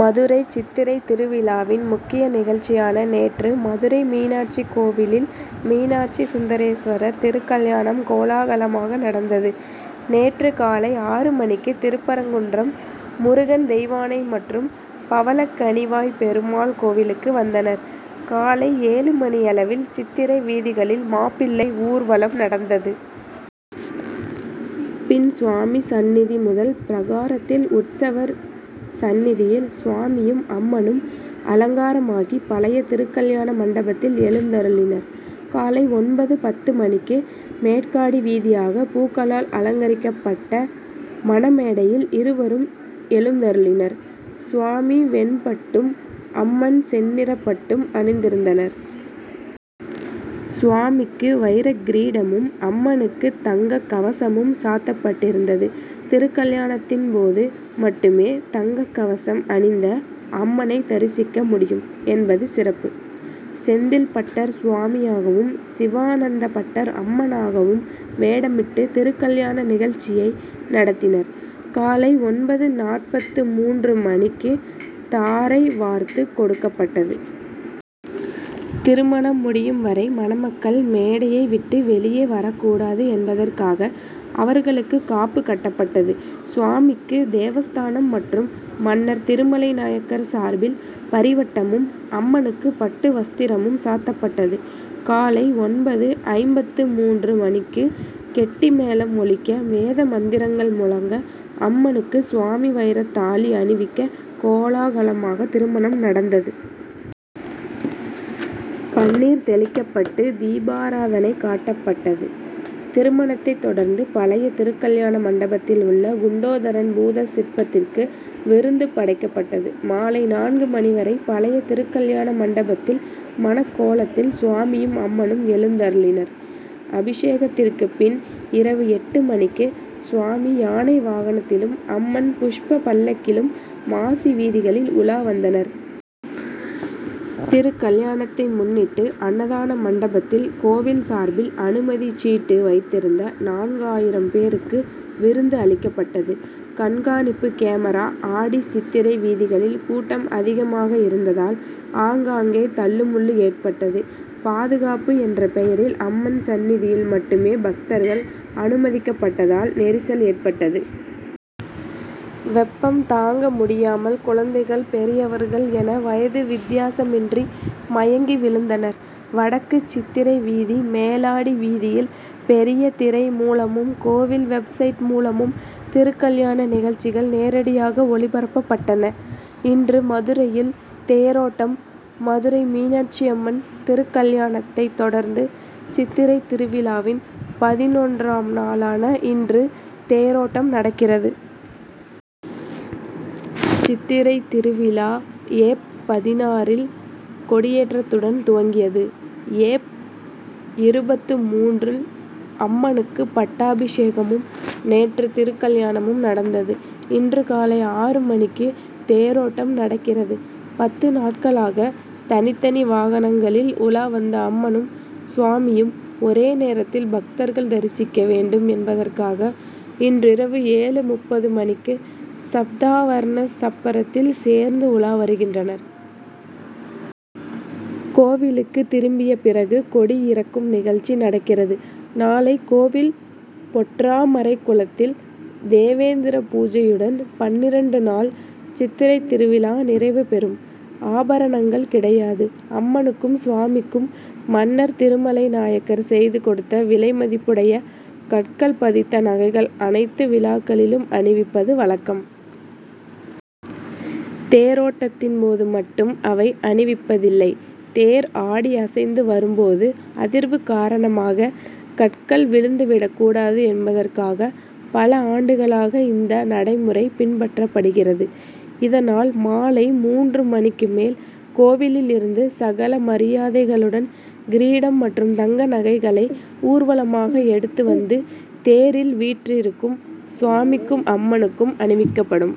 மதுரை சித்திரை திருவிழாவின் முக்கிய நிகழ்ச்சியான நேற்று மதுரை மீனாட்சி கோவிலில் மீனாட்சி சுந்தரேஸ்வரர் திருக்கல்யாணம் கோலாகலமாக நடந்தது. நேற்று காலை ஆறு மணிக்கு திருப்பரங்குன்றம் முருகன் தெய்வானை மற்றும் பவளக்கனிவாய் பெருமாள் கோவிலுக்கு வந்தனர். காலை ஏழு மணியளவில் சித்திரை வீதிகளில் மாப்பிள்ளை ஊர்வ லம் நடந்தது. பின் சுவாமி சன்னிதி முதல் பிரகாரத்தில் உற்சவர் சன்னிதியில் சுவாமியும் அம்மனும் அலங்கார மாகி பழைய திருக்கல்யாண மண்டபத்தில் எழுந்தருளினர். காலை ஒன்பது பத்து மணிக்கு மேற்காடி வீதியாக பூக்களால் அலங்கரிக் கப்பட்ட மண மேடையில் இருவரும் எழுந்தருளினர். சுவாமி வெண் பட்டும் அம்மன் செந்நிற பட்டும் அணிந்திருந்தனர். சுவாமிக்கு வைரக் கிரீடமும் அம்மனுக்கு தங்கக் கவசமும் சாத்தப்பட்டிருந்தது. திருக்கல்யாணத்தின் போது மட்டுமே தங்கக் கவசம் அணிந்த அம்மனை தரிசிக்க முடியும் என்பது சிறப்பு. செந்தில் பட்டர் சுவாமியாகவும் சிவா னந்த பட்டர் அம்மனாகவும் வேடமிட்டு திருக்கல்யாண நிகழ்ச்சியை நடத்தினர். காலை ஒன்பது நாற்பத்து மூன்று மணிக்கு தாரை வார்த்து கொடுக்கப்பட்டது. திருமணம் முடியும் வரை மணமக்கள் மேடையை விட்டு வெளியே வரக்கூடாது என்பதற்காக அவர்களுக்கு காப்பு கட்டப்பட்டது. சுவாமிக்கு தேவஸ்தானம் மற்றும் மன்னர் திருமலை நாயக்கர் சார்பில் பரி வட்ட மும் அம்மனுக்கு பட்டு வஸ்திரமும் சாத்தப்பட்டது. காலை ஒன்பது ஐம்பத்து மூன்று மணிக்கு கெட்டி மேளம் ஒலிக்க வேத மந்திரங்கள் முழங்க அம்மனுக்கு சுவாமி வைரத் தாலி அணிவிக்க கோலாகலமாக திருமணம் நடந்தது. பன்னீர் தெளிக்கப்பட்டு தீபாராதனை காட்டப்பட்டது. திருமணத்தைத் தொடர்ந்து பழைய திருக்கல்யாண மண்டபத்தில் உள்ள குண்டோதரன் பூத சிற்பத்திற்கு விருந்து படைக்கப்பட்டது. மாலை நான்கு மணி வரை பழைய திருக்கல்யாண மண்டபத்தில் மணக் கோலத் தில் சுவாமியும் அம்மனும் எழுந்தருளினர். அபிஷேகத்திற்கு பின் இரவு எட்டு மணிக்கு சுவாமி யானை வாகனத் திலும் அம்மன் புஷ்ப பல்லக்கிலும் மாசி வீதிகளில் உலா வந்தனர். திருக்கல்யாணத்தை முன்னிட்டு அன்னதான மண்டபத் தில் கோவில் சார்பில் அனுமதி சீட்டு வைத்திருந்த நான்கு ஆயிரம் பேருக்கு விருந்து அளிக்கப்பட்டது. கண்காணிப்பு கேமரா ஆடி சித்திரை வீதிகளில் கூட்டம் அதிகமாக இருந்ததால் ஆங்காங்கே தள்ளுமுள்ளு ஏற்பட்டது. பாதுகாப்பு என்ற பெயரில் அம்மன் சன்னிதியில் மட்டுமே பக்தர்கள் அனுமதிக்கப்பட்டதால் நெரிசல் ஏற்பட்டது. வெப்பம் தாங்க முடியாமல் குழந்தைகள் பெரியவர்கள் என வயது வித்தியாசமின்றி மயங்கி விழுந்தனர். வடக்கு சித்திரை வீதி மேலாடி வீதியில் பெரிய திரை மூலமும் கோவில் வெப்சைட் மூலமும் திருக்கல்யாண நிகழ்ச்சிகள் நேரடியாக ஒளிபரப்பப்பட்டன. இன்று மதுரையில் தேரோட்டம் மதுரை மீனாட்சி அம்மன் திருக்கல்யாணத்தைத் தொடர்ந்து சித்திரைத் திருவிழாவின் பதினொன்று ஆம் நாளான இன்று தேரோட்டம் நடக்கிறது. சித்திரைத் திருவிழா ஏப். பதினாறு இல் கொடியேற்றத்துடன் துவங்கியது. ஏப். இருபத்து மூன்று அம்மனுக்கு பட்டா பிஷேகமும் நேற்று திருக்கல்யாணமும் நடந்தது. இன்று காலை ஆறு மணிக்கு தேரோட்டம் நடக்கிறது. பத்து நாட்களாக தனித்தனி வாகனங்களில் உலா வந்த அம்மனும் சுவாமியும் ஒரே நேரத்தில் பக்தர்கள் தரிசிக்க வேண்டும் என்பதற்காக இன்றிரவு ஏழு முப்பது மணிக்கு சப்தாவர்ண சப்பரத்தில் சேர்ந்து உலா வருகின்றனர். கோவிலுக்கு திரும்பிய பிறகு கொடி இறக்கும் நிகழ்ச்சி நடக்கிறது. நாளை கோவில் பொற்றாமரைக் குளத்தில் தேவேந்திர பூஜையுடன் பன்னிரண்டு நாள் சித்திரைத் திருவிழா நிறைவு பெறும். ஆபரணங்கள் கிடையாது அம்மனுக்கும் சுவாமிக்கும் மன்னர் திருமலை நாயக்கர் செய்து கொடுத்த விலை மதிப்புடைய கற்கள் பதித்த நகைகள் அனைத்து விழாக்களிலும் அணிவிப்பது வழக்கம். தேரோட்டத்தின் போது மட்டும் அவை அணிவிப்பதில்லை. தேர் ஆடி அசைந்து வரும் போது அதிர்வு காரணமாக கற்கள் விழுந்து விடக்கூடாது என்பதற்காக பல ஆண்டுகளாக இந்த நடைமுறை பின்பற்றப்படுகிறது. இதனால் மாலை மூன்று மணிக்கு மேல் கோவிலில் இருந்து சகல மரியாதைகளுடன் கிரீடம் மற்றும் தங்க நகைகளை ஊர்வலமாக எடுத்து வந்து தேரில் வீற்றிருக்கும் சுவாமிக்கும் அம்மனுக்கும் அணிவிக்கப்படும்.